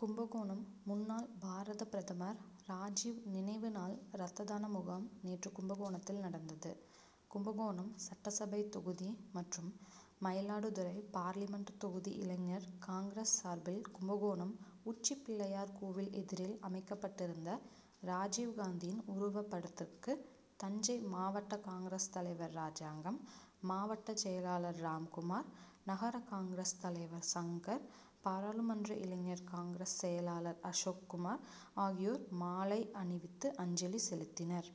கும்பகோணம் முன்னாள் பாரத பிரதமர் ராஜீவ் நினைவு நாள் ரத்ததான முகாம் நேற்று கும்பகோணத்தில் நடந்தது. கும்பகோணம் சட்டசபை தொகுதி மற்றும் மயிலாடுதுறை பார்லிமென்ட் தொகுதி இளைஞர் காங்கிரஸ் சார்பில் கும்பகோணம் உச்சிப்பிள்ளையார் கோவில் எதிரில் அமைக்கப்பட்டிருந்த ராஜீவ்காந்தியின் உருவப்படத்திற்கு தஞ்சை மாவட்ட காங்கிரஸ் தலைவர் ராஜாங்கம் மாவட்ட செயலாளர் ராம்குமார் நகர காங்கிரஸ் தலைவர் சங்கர் பாராளுமன்ற இளைஞர் காங்கிரஸ் செயலாளர் அசோக்குமார் ஆகியோர் மாலை அணிவித்து அஞ்சலி செலுத்தினர்.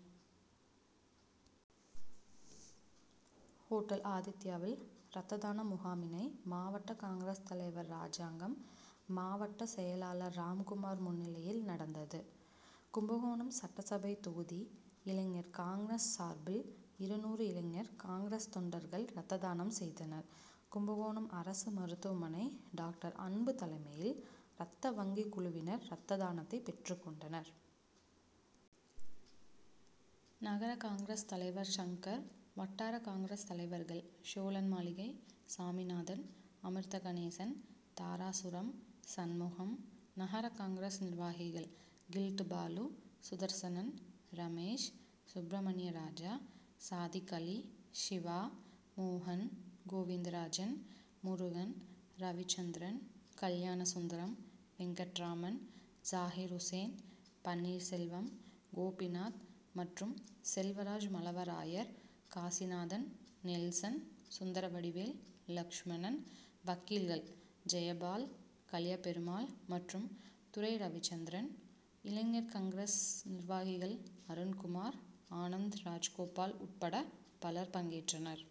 ஹோட்டல் ஆதித்தியாவில் ரத்ததான முகாமினை மாவட்ட காங்கிரஸ் தலைவர் ராஜாங்கம் மாவட்டச் செயலாளர் ராம்குமார் முன்னிலையில் நடந்தது. கும்பகோணம் சட்டசபை தொகுதி இளைஞர் காங்கிரஸ் சார்பில் இருநூறு இளைஞர் காங்கிரஸ் தொண்டர்கள் ரத்ததானம் செய்தனர். கும்பகோணம் அரசு மருத்துவமனை டாக்டர் அன்பு தலைமையில் ரத்த வங்கி குழுவினர் ரத்ததானத்தை பெற்றுக்கொண்டனர். நகர காங்கிரஸ் தலைவர் சங்கர் வட்டார காங்கிரஸ் தலைவர்கள் சோழன்மாளிகை சாமிநாதன் அமிர்த கணேசன் தாராசுரம் சண்முகம் நகர காங்கிரஸ் நிர்வாகிகள் கில்ட் பாலு சுதர்சனன் ரமேஷ் சுப்பிரமணியராஜா சாதிக்அலி சிவா மோகன் கோவிந்தராஜன் முருகன் ரவிச்சந்திரன் கல்யாணசுந்தரம் வெங்கட்ராமன் ஜாஹீர்உசேன் பன்னீர்செல்வம் கோபிநாத் மற்றும் செல்வராஜ்மழவராயர் காசிநாதன் நெல்சன் சுந்தரவடிவேல் லட்சுமணன் வக்கீல்கள் ஜெபால் கலியபெருமாள் மற்றும் துரை ரவிசந்திரன் இளைஞர் காங்கிரஸ் நிர்வாகிகள் அருண்குமார் ஆன்ந்த் ராஜகோபால் உட்பட பலர் பங்கேற்றனர்.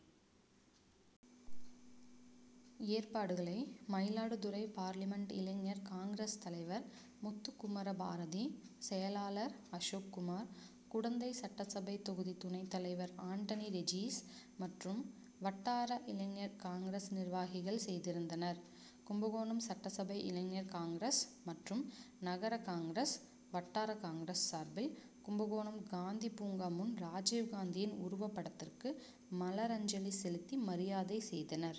ஏற்பாடுகளை மயிலாடுதுறை பார்லிமென்ட் இளைஞர் காங்கிரஸ் தலைவர் முத்துக்குமரபாரதி செயலாளர் அசோக்குமார் குடந்தை சட்டசபை தொகுதி துணைத்தலைவர் ஆண்டனி ரெஜிஸ் மற்றும் வட்டார இளைஞர் காங்கிரஸ் நிர்வாகிகள் செய்திருந்தனர். கும்பகோணம் சட்டசபை இளைஞர் காங்கிரஸ் மற்றும் நகர காங்கிரஸ் வட்டார காங்கிரஸ் சார்பில் கும்பகோணம் காந்தி பூங்கா முன் ராஜீவ்காந்தியின் உருவபடத்துக்கு மலரஞ்சலி செலுத்தி மரியாதை செய்தனர்.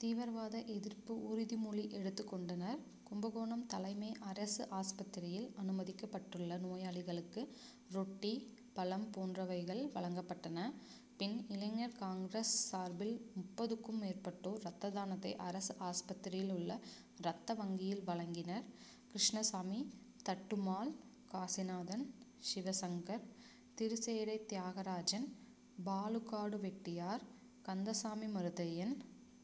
தீவிரவாத எதிர்ப்பு உறுதிமொழி எடுத்துக் கொண்டனர். கும்பகோணம் தலைமை அரசு ஆஸ்பத்திரியில் அனுமதிக்கப்பட்டுள்ள நோயாளிகளுக்கு ரொட்டி பழம் போன்றவைகள் வழங்கப்பட்டன. பின் இளைஞர் காங்கிரஸ் சார்பில் முப்பதுக்கும் மேற்பட்டோர் ரத்ததானத்தை அரசு ஆஸ்பத்திரியில் உள்ள ரத்தவங்கியில் வழங்கினர். கிருஷ்ணசாமி தட்டுமால் காசிநாதன் சிவசங்கர் திருச்சேறை தியாகராஜன் பாலுகாடுவெட்டியார் கந்தசாமி மருதையன்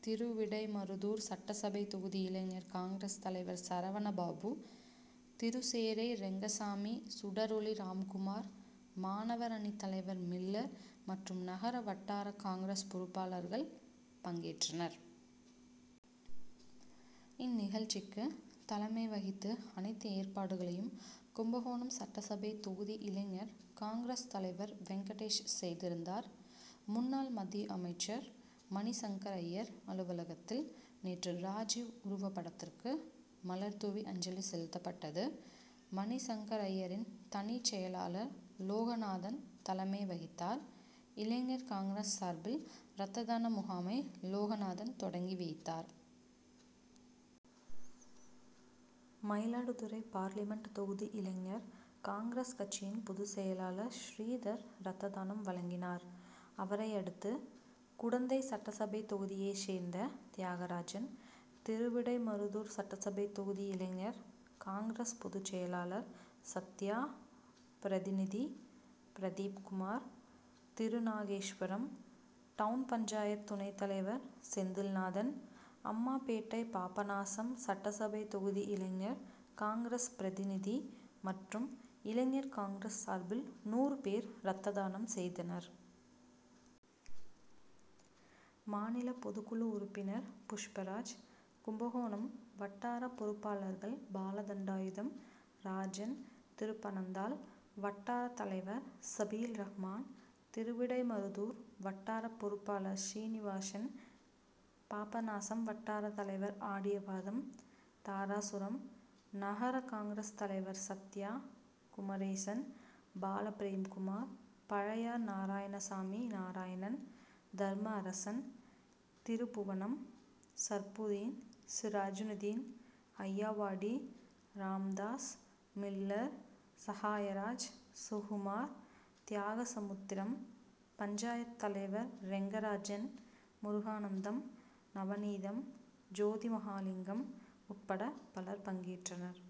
திருவிடைமருதூர் சட்டசபை தொகுதி இளைஞர் காங்கிரஸ் தலைவர் சரவணபாபு திருச்சேறை ரெங்கசாமி சுடரொலி ராம்குமார் மாணவர் அணி தலைவர் மில்லர் மற்றும் நகர வட்டார காங்கிரஸ் பொறுப்பாளர்கள் பங்கேற்றனர். இந்நிகழ்ச்சிக்கு தலைமை வகித்து அனைத்து ஏற்பாடுகளையும் கும்பகோணம் சட்டசபை தொகுதி இளைஞர் காங்கிரஸ் தலைவர் வெங்கடேஷ் செய்திருந்தார். முன்னாள் மத்திய அமைச்சர் மணிசங்கர்அய்யர் அலுவலகத்தில் நேற்று ராஜீவ் உருவபடத்துக்கு மலர்தூவி அஞ்சலி செலுத்தப்பட்டது. மணிசங்கரய்யரின் தனிச் செயலாளர் லோகநாதன் தலைமை வகித்தார். இளைஞர் காங்கிரஸ் சார்பில் ரத்ததான முகாமை லோகநாதன் தொடங்கி வைத்தார். மயிலாடுதுறை பார்லிமென்ட் தொகுதி இளைஞர் காங்கிரஸ் கட்சியின் பொதுச்செயலாளர் ஸ்ரீதர் ரத்ததானம் வழங்கினார். அவரையடுத்து குடந்தை சட்டசபை தொகுதியைச் சேர்ந்த தியாகராஜன் திருவிடைமருதூர் சட்டசபை தொகுதி இளைஞர் காங்கிரஸ் பொதுச்செயலாளர் சத்யா பிரதிநிதி பிரதீப்குமார் திருநாகேஸ்வரம் டவுன் பஞ்சாயத்து துணைத்தலைவர் செந்தில்நாதன் அம்மாபேட்டை பாபநாசம் சட்டசபை தொகுதி இளைஞர் காங்கிரஸ் பிரதிநிதி மற்றும் இளைஞர் காங்கிரஸ் சார்பில் நூறு பேர் ரத்ததானம் செய்தனர். மாநில பொதுக்குழு உறுப்பினர் புஷ்பராஜ் கும்பகோணம் வட்டார பொறுப்பாளர்கள் பாலதண்டாயுதம் ராஜன் திருப்பனந்தாள் வட்டாரத் தலைவர் சபீல்ரஹீமான் திருவிடைமருதூர் வட்டார பொறுப்பாளர் சீனிவாசன் பாபநாசம் வட்டாரத்தலைவர் ஆடியபாதம் தாராசுரம் நகர காங்கிரஸ் தலைவர் சத்யா குமரேசன் பாலபிரேம்குமார் பழையார் நாராயணசாமி நாராயணன் தர்மஅரசன் திருபுவனம் சர்புதீன் சிராஜஞுதீன் அய்யாவாடி ராமதாஸ் மில்லர் சகாயராஜ் சுகுமார் தியாகசமுத்திரம் பஞ்சாயத்து தலைவர் ரெங்கராஜன் முருகானந்தம் நவநீதம் ஜோதிமகாலிங்கம் உட்பட பலர் பங்கேற்றனர்.